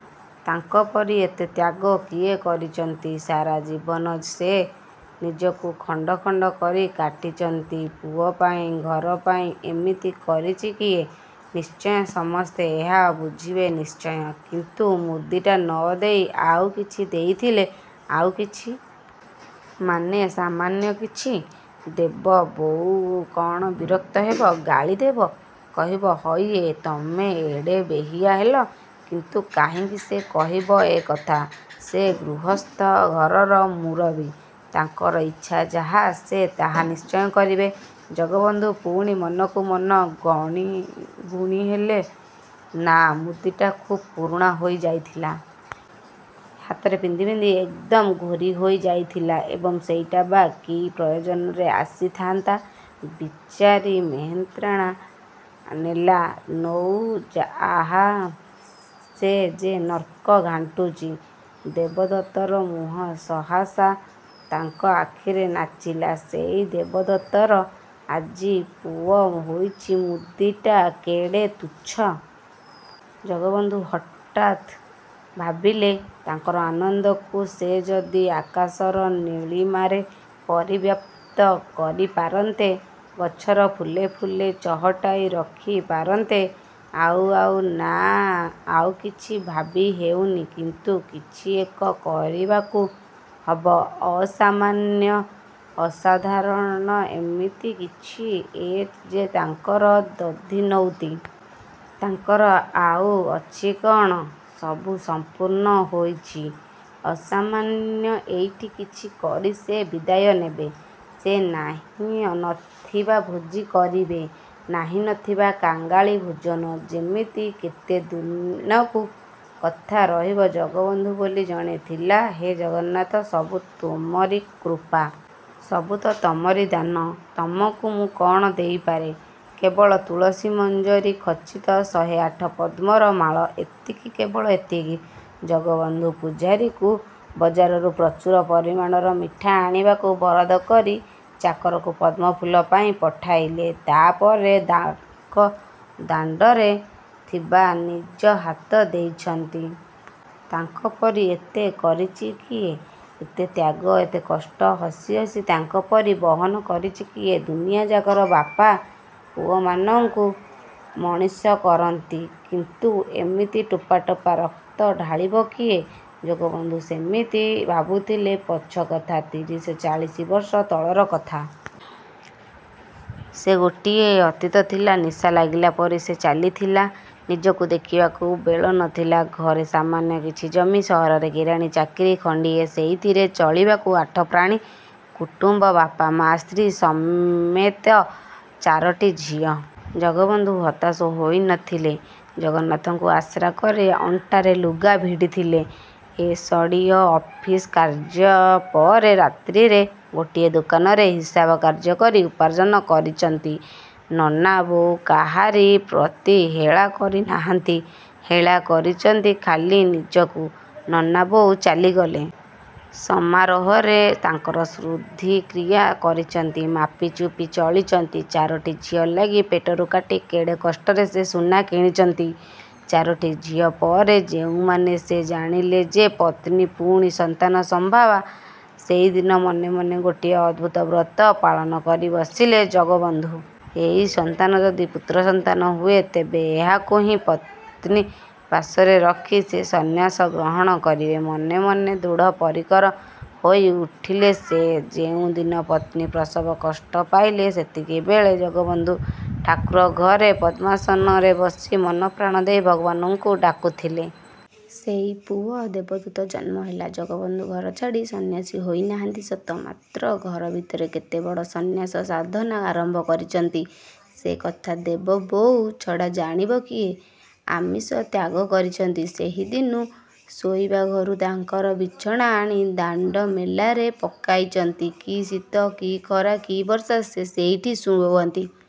ତାଙ୍କପରି ଏତେ ତ୍ୟାଗ କିଏ କରିଚନ୍ତି? ସାରା ଜୀବନ ସେ ନିଜକୁ ଖଣ୍ଡ ଖଣ୍ଡ କରି କାଟିଚନ୍ତି, ପୁଅ ପାଇଁ, ଘର ପାଇଁ। ଏମିତି କରିଚି କିଏ? ନିଶ୍ଚୟ ସମସ୍ତେ ଏହା ବୁଝିବେ ନିଶ୍ଚୟ। କିନ୍ତୁ ମୁଦିଟା ନ ଦେଇ ଆଉ କିଛି ଦେଇଥିଲେ? ଆଉ କିଛି? ମାନେ ସାମାନ୍ୟ କିଛି? ଦେବ ବୋଉ କ'ଣ ବିରକ୍ତ ହେବ? ଗାଳିଦେବ? କହିବ, "ହଇଏ, ତମେ ଏଡ଼େ ବେହିଆ ହେଲ?" କିନ୍ତୁ କାହିଁକି ସେ କହିବ ଏ କଥା? ସେ ଗୃହସ୍ଥ, ଘରର ମୁରବୀ। ତାଙ୍କର ଇଚ୍ଛା ଯାହା ସେ ତାହା ନିଶ୍ଚୟ କରିବେ। ଜଗବନ୍ଧୁ ପୁଣି ମନକୁ ମନ ଗଣୀ ଗୁଣିହେଲେ ନାଃ ମୁଦିଟା ଖୁବ୍ ପୁରୁଣା ହୋଇ ଯାଇଥିଲା। ହାତରେ ପିନ୍ଧି ପିନ୍ଧି ଏକଦମ୍ ଘୋରି ହୋଇ ଯାଇଥିଲା, ଏବଂ ସେଇଟା ବା କି ପ୍ରୟୋଜନରେ ଆସିଥାନ୍ତା? ବିଚାରି ମେହେନ୍ତ୍ରାଣୀ ନେଲା, ନଉ ଆହା ସେ ଯେ ନର୍କ ଘାଣ୍ଟୁଚି। ଦେବଦତ୍ତର ମୁହଁ ସହସା ତାଙ୍କ ଆଖିରେ ନାଚିଲା, ସେଇ ଦେବଦତ୍ତର ଆଜି ପୁଅ ହୋଇଚି ମୁଦିଟା କେଡ଼େ ତୁଚ୍ଛ! ଜଗବନ୍ଧୁ ହଠାତ୍ ଭାବିଲେ ତାଙ୍କର ଆନନ୍ଦକୁ ସେ ଯଦି ଆକାଶର ନୀଳିମାରେ ପରିବ୍ୟାପ୍ତ କରି ପାରନ୍ତେ, ଗଛର ଫୁଲେ ଫୁଲେ ଚହଟାଇ ରଖି ପାରନ୍ତେ ଆଉ ଆଉ ନାଃ ଆଉ କିଛି ଭାବି ହେଉନି କିନ୍ତୁ କିଛି ଏକ କରିବାକୁ ହବ ଅସାମାନ୍ୟ ଅସାଧାରଣ ଏମିତି କିଛି ଏ ଯେ ତାଙ୍କର ଦଧିନଉତି। ତାଙ୍କର ଆଉ ଅଛି କଣ? ସବୁ ସମ୍ପୂର୍ଣ୍ଣ ହୋଇଚି। ଅସାମାନ୍ୟ ଏଇଠି କିଛି କରି ସେ ବିଦାୟ ନେବେ। ସେ ନାହିଁ ନଥିବା ଭୋଜି କରିବେ। ନାହିଁ ନଥିବା କାଙ୍ଗାଳି ଭୋଜନ! ଯେମିତି କେତେ ଦିନକୁ କଥା ରହିବ"ଜଗବନ୍ଧୁ ବୋଲି ଜଣେ ଥିଲା" ହେ ଜଗନ୍ନାଥ, ସବୁ ତୁମରି କୃପା। ସବୁ ତ ତମରି ଦାନ! ତମକୁ ମୁଁ କଣ ଦେଇପାରେ? କେବଳ ତୁଳସୀ ମଞ୍ଜରୀ ଖଚିତ ଶହେ ଆଠ ପଦ୍ମର ମାଳ! ଏତିକି, କେବଳ ଏତିକି। ଜଗବନ୍ଧୁ ପୁଝାରୀକୁ ବଜାରରୁ ପ୍ରଚୁର ପରିମାଣର ମିଠା ଆଣିବାକୁ ବରାଦ କରି, ଚାକରକୁ ପଦ୍ମଫୁଲ ପାଇଁ ପଠାଇଲେ। ତାପରେ ତାଙ୍କ ଦାଣ୍ଡରେ ଥିବା ନିଜ ହାତ ଦେଇଚନ୍ତି। ତାଙ୍କ ପରି ଏତେ କରିଚି କିଏ? ଏତେ ତ୍ୟାଗ, ଏତେ କଷ୍ଟ, ହସି ହସି ତାଙ୍କ ପରି ବହନ କରିଚି କିଏ? ଦୁନିଆଯାକର ବାପା ପୁଅମାନଙ୍କୁ ମଣିଷ କରନ୍ତି। କିନ୍ତୁ ଏମିତି ଟୋପା ଟୋପା ରକ୍ତ ଢାଳିବ କିଏ? ଜଗବନ୍ଧୁ ସେମିତି ଭାବୁଥିଲେ ପଛ କଥା, ତିରିଶ, ଚାଳିଶ ବର୍ଷ ତଳର କଥା। ସେ ଗୋଟାଏ ଅତୀତ ଥିଲା ନିଶା ଲାଗିଲା ପରି ସେ ଚାଲିଥିଲା। ନିଜକୁ ଦେଖିବାକୁ ବେଳ ନ ଥିଲା। ଘରେ ସାମାନ୍ୟ କିଛି ଜମି, ସହରରେ କିରାଣୀ ଚାକିରୀ ଖଣ୍ଡିଏ। ସେଇଥିରେ ଚଳିବାକୁ ଆଠ ପ୍ରାଣୀ କୁଟୁମ୍ବ ବାପା, ମା, ସ୍ତ୍ରୀ ସମେତ ଚାରୋଟି ଝିଅ। ଜଗବନ୍ଧୁ ହତାଶ ହୋଇ ନ ଥିଲେ, ଜଗନ୍ନାଥଙ୍କୁ ଆଶ୍ରା କରି ଅଣ୍ଟାରେ ଲୁଗା ଭିଡ଼ିଥିଲେ। ଏସଡ଼ିଓ ଅଫିସ କାର୍ଯ୍ୟପରେ ରାତ୍ରିରେ ଗୋଟିଏ ଦୋକାନରେ ହିସାବ କାର୍ଯ୍ୟ କରି ଉପାର୍ଜନ କରିଚନ୍ତି। ନନା ବୋଉ କାହାରି ପ୍ରତି ହେଳା କରିନାହାନ୍ତି, ହେଳା କରିଚନ୍ତି ଖାଲି ନିଜକୁ। ନନା ବୋଉ ଚାଲିଗଲେ। ସମାରୋହରେ ତାଙ୍କର ଶୁଦ୍ଧି କ୍ରିୟା କରିଚନ୍ତି। ମାପି ଚୁପି ଚଳିଚନ୍ତି। ଚାରିଟି ଝିଅଙ୍କ ଲାଗି, ପେଟରୁ କାଟି କେଡ଼େ କଷ୍ଟରେ ସେ ସୁନା କିଣିଚନ୍ତି। ଚାରୋଟି ଝିଅ ପରେ, ଯେଉଁମାନେ ସେ ଜାଣିଲେ ଯେ ପତ୍ନୀ ପୁଣି ସନ୍ତାନ ସମ୍ଭବା, ସେଦିନ ମନେ ମନେ ଗୋଟିଏ ଅଦ୍ଭୁତ ବ୍ରତ ପାଳନ କରି ବସିଲେ ଜଗବନ୍ଧୁ। ଏଇ ସନ୍ତାନ ଯଦି ପୁତ୍ରସନ୍ତାନ ହୁଏ, ତେବେ ଏହାକୁ ହିଁ ପତ୍ନୀ ପାଶରେ ରଖି ସେ ସନ୍ନ୍ୟାସ ଗ୍ରହଣ କରିବେ। ମନେ ମନେ ଦୃଢ଼ପରିକର ହୋଇ ଉଠିଲେ ସେ। ଯେଉଁ ଦିନ ପତ୍ନୀ ପ୍ରସବ କଷ୍ଟ ପାଇଲେ ସେତିକିବେଳେ ଜଗବନ୍ଧୁ ଠାକୁର ଘରେ ପଦ୍ମାସନରେ ବସି ମନପ୍ରାଣ ଦେଇ ଭଗବାନଙ୍କୁ ଡାକୁଥିଲେ। ସେଇ ପୁଅ ଦେବଦତ୍ତ ଜନ୍ମ ହେଲା। ଜଗବନ୍ଧୁ ଘର ଛାଡ଼ି ସନ୍ନ୍ୟାସୀ ହୋଇନାହାନ୍ତି ସତ, ମାତ୍ର ଘର ଭିତରେ କେତେ ବଡ଼ ସନ୍ନ୍ୟାସ-ସାଧନା ଆରମ୍ଭ କରିଚନ୍ତି, ସେ କଥା ଦେବବୋଉ ଛଡ଼ା ଜାଣିବ କିଏ? ଆମିଷ ତ୍ୟାଗ କରିଚନ୍ତି ସେହିଦିନୁ ଶୋଇବା ଘରୁ ତାଙ୍କର ବିଛଣା ଆଣି ଦାଣ୍ଡ ମେଲାରେ ପକାଇଚନ୍ତି! କି ଶୀତ, କି ଖରା, କି ବର୍ଷା ସେ ସେଇଠି ଶୁଅନ୍ତି।